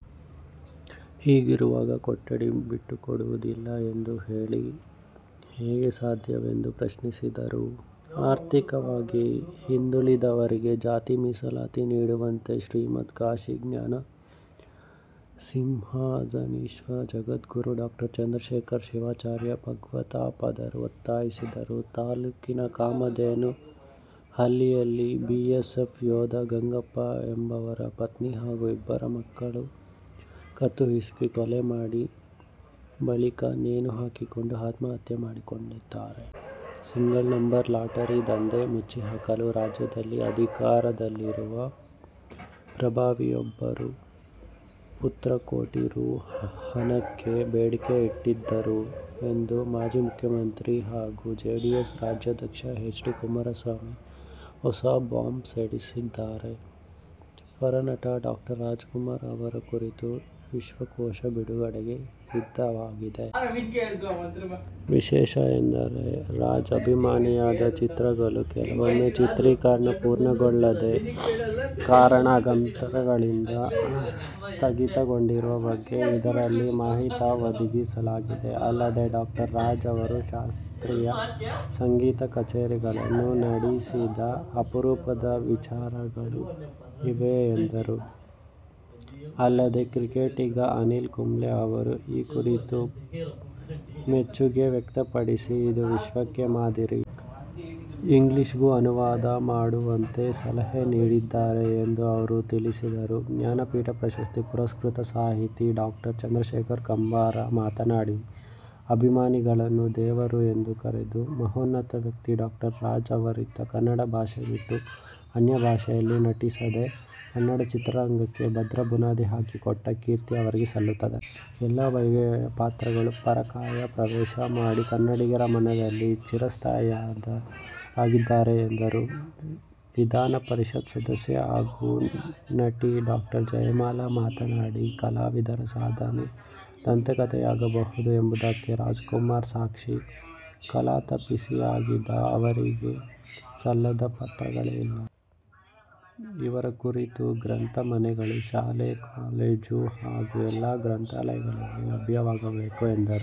ಹೀಗಿರುವಾಗ ಕೊಠಡಿ ಬಿಟ್ಟುಕೊಡುವುದಿಲ್ಲ ಎಂದು ಹೇಳಲು ಹೇಗೆ ಸಾಧ್ಯಎಂದು ಪ್ರಶ್ನಿಸಿದರು. ಆರ್ಥಿಕವಾಗಿ ಹಿಂದುಳಿದವರಿಗೆ ಜಾತಿ ಮೀಸಲಾತಿ ನೀಡುವಂತೆ ಶ್ರೀಮದ್ ಕಾಶಿ ಜ್ಞಾನ ಸಿಂಹಾಸನಾಧೀಶ್ವರ ಜಗದ್ಗುರು ಡಾ ಚಂದ್ರಶೇಖರ ಶಿವಾಚಾರ್ಯ ಭಗವತ್ಪಾದರು ಒತ್ತಾಯಿಸಿದರು. ತಾಲೂಕಿನ ಕಾಮಧೇನ ಹಳ್ಳಿಯಲ್ಲಿ ಬಿಎಸ್ಎಫ್ ಯೋಧ ಗಂಗಪ್ಪ ಎಂಬುವರು ಪತ್ನಿ ಹಾಗೂ ಇಬ್ಬರು ಮಕ್ಕಳ ಕತ್ತು ಹಿಸುಕಿ ಕೊಲೆ ಮಾಡಿ, ಬಳಿಕ ನೇಣು ಹಾಕಿಕೊಂಡು ಆತ್ಮಹತ್ಯೆ ಮಾಡಿಕೊಂಡಿದ್ದಾರೆ. ಸಿಂಗಲ್ ನಂಬರ್ ಲಾಟರಿ ದಂಧೆ ಮುಚ್ಚಿಹಾಕಲು ರಾಜ್ಯದಲ್ಲಿ ಅಧಿಕಾರದಲ್ಲಿರುವ ಪ್ರಭಾವಿಯೊಬ್ಬರ ಪುತ್ರ ಕೋಟಿ ರೂ. ಹಣಕ್ಕೆ ಬೇಡಿಕೆ ಇಟ್ಟಿದ್ದರು ಎಂದು ಮಾಜಿ ಮುಖ್ಯಮಂತ್ರಿ ಹಾಗೂ ಜೆಡಿಎಸ್ ರಾಜ್ಯಾಧ್ಯಕ್ಷ ಎಚ್. ಡಿ. ಕುಮಾರಸ್ವಾಮಿ ಹೊಸ ಬಾಂಬ್ ಸಿಡಿಸಿದ್ದಾರೆ. ವರನಟ ಡಾ. ರಾಜ್ಕುಮಾರ್ ಅವರ ಕುರಿತ ವಿಶ್ವಕೋಶ ಬಿಡುಗಡೆಗೆ ಸಿದ್ಧವಾಗಿದೆ. ವಿಶೇಷ ಎಂದರೆ ರಾಜ್ ಅಭಿನಯನದ ಚಿತ್ರಗಳೂ ಕೆಲವೊಮ್ಮೆ ಚಿತ್ರೀಕರಣ ಪೂರ್ಣಗೊಳ್ಳದೆ ಕಾರಣಾಂತರಗಳಿಂದ ಸ್ಥಗಿತಗೊಂಡಿರುವ ಬಗ್ಗೆ ಇದರಲ್ಲಿ ಮಾಹಿತಿ ಒದಗಿಸಲಾಗಿದೆ. ಅಲ್ಲದೆ, ಡಾ. ರಾಜ್ ಅವರು ಶಾಸ್ತ್ರೀಯ ಸಂಗೀತ ಕಛೇರಿಗಳನ್ನು ನಡೆಸಿದ ಅಪರೂಪದ ವಿಚಾರಗಳು ಇವೆ ಎಂದರು. ಅಲ್ಲದೆ, ಕ್ರಿಕೆಟಿಗ ಅನಿಲ್ ಕುಂಬ್ಳೆ ಅವರು ಈ ಕೃತಿ ಕುರಿತು ಮೆಚ್ಚುಗೆ ವ್ಯಕ್ತಪಡಿಸಿ, ಇದು ವಿಶ್ವಕ್ಕೆ ಮಾದರಿ. ಇಂಗ್ಲಿಷ್ಗೂ ಅನುವಾದ ಮಾಡುವಂತೆ ಸಲಹೆ ನೀಡಿದ್ದಾರೆ ಎಂದೂ ಅವರು ತಿಳಿಸಿದರು. ಜ್ಞಾನಪೀಠ ಪ್ರಶಸ್ತಿ ಪುರಸ್ಕೃತ ಸಾಹಿತಿ ಡಾ. ಚಂದ್ರಶೇಖರ ಕಂಬಾರ ಮಾತನಾಡಿ, ಅಭಿಮಾನಿಗಳನ್ನು ದೇವರು ಎಂದು ಕರೆದ ಮಹೋನ್ನತ ವ್ಯಕ್ತಿತ್ವ ಡಾ. ರಾಜ್ ಅವರದ್ದು. ಕನ್ನಡ ಭಾಷೆ ಬಿಟ್ಟು, ಅನ್ಯ ಭಾಷೆಯಲ್ಲಿ ನಟಿಸದೆ ಕನ್ನಡ ಚಿತ್ರರಂಗಕ್ಕೆ ಭದ್ರ ಬುನಾದಿ ಹಾಕಿಕೊಟ್ಟ ಕೀರ್ತಿ ಅವರಿಗೆ ಸಲ್ಲುತ್ತದೆ. ಎಲ್ಲಾ ಬಗೆಯ ಪಾತ್ರಗಳಲ್ಲಿ ಪರಾಕಾಯ ಪ್ರವೇಶ ಮಾಡಿ ಕನ್ನಡಿಗರ ಮನದಲ್ಲಿ ಚಿರಸ್ಥಾಯಿಯಾಗಿದ್ದಾರೆ ಎಂದರು. ವಿಧಾನಪರಿಷತ್ ಸದಸ್ಯೆ ಹಾಗೂ ನಟಿ ಡಾ. ಜಯಮಾಲಾ ಮಾತನಾಡಿ, ಕಲಾವಿದರ ಸಾಧನೆ ದಂತಕಥೆಯಾಗಬಹುದು ಎಂಬುದಕ್ಕೆ ರಾಜ್ಕುಮಾರ್ ಸಾಕ್ಷಿ. ಕಲಾತಪಸ್ವಿ ಆಗಿದ್ದ ಅವರಿಗೆ ಸಲ್ಲದ ಪಾತ್ರಗಳೇ ಇಲ್ಲ. ಇವರ ಕುರಿತ ಗ್ರಂಥ ಮನೆಗಳಲ್ಲಿ, ಶಾಲಾ-ಕಾಲೇಜು ಹಾಗೂ ಎಲ್ಲಾ ಗ್ರಂಥಾಲಯಗಳಲ್ಲಿ ಲಭ್ಯವಾಗಬೇಕು ಎಂದರು.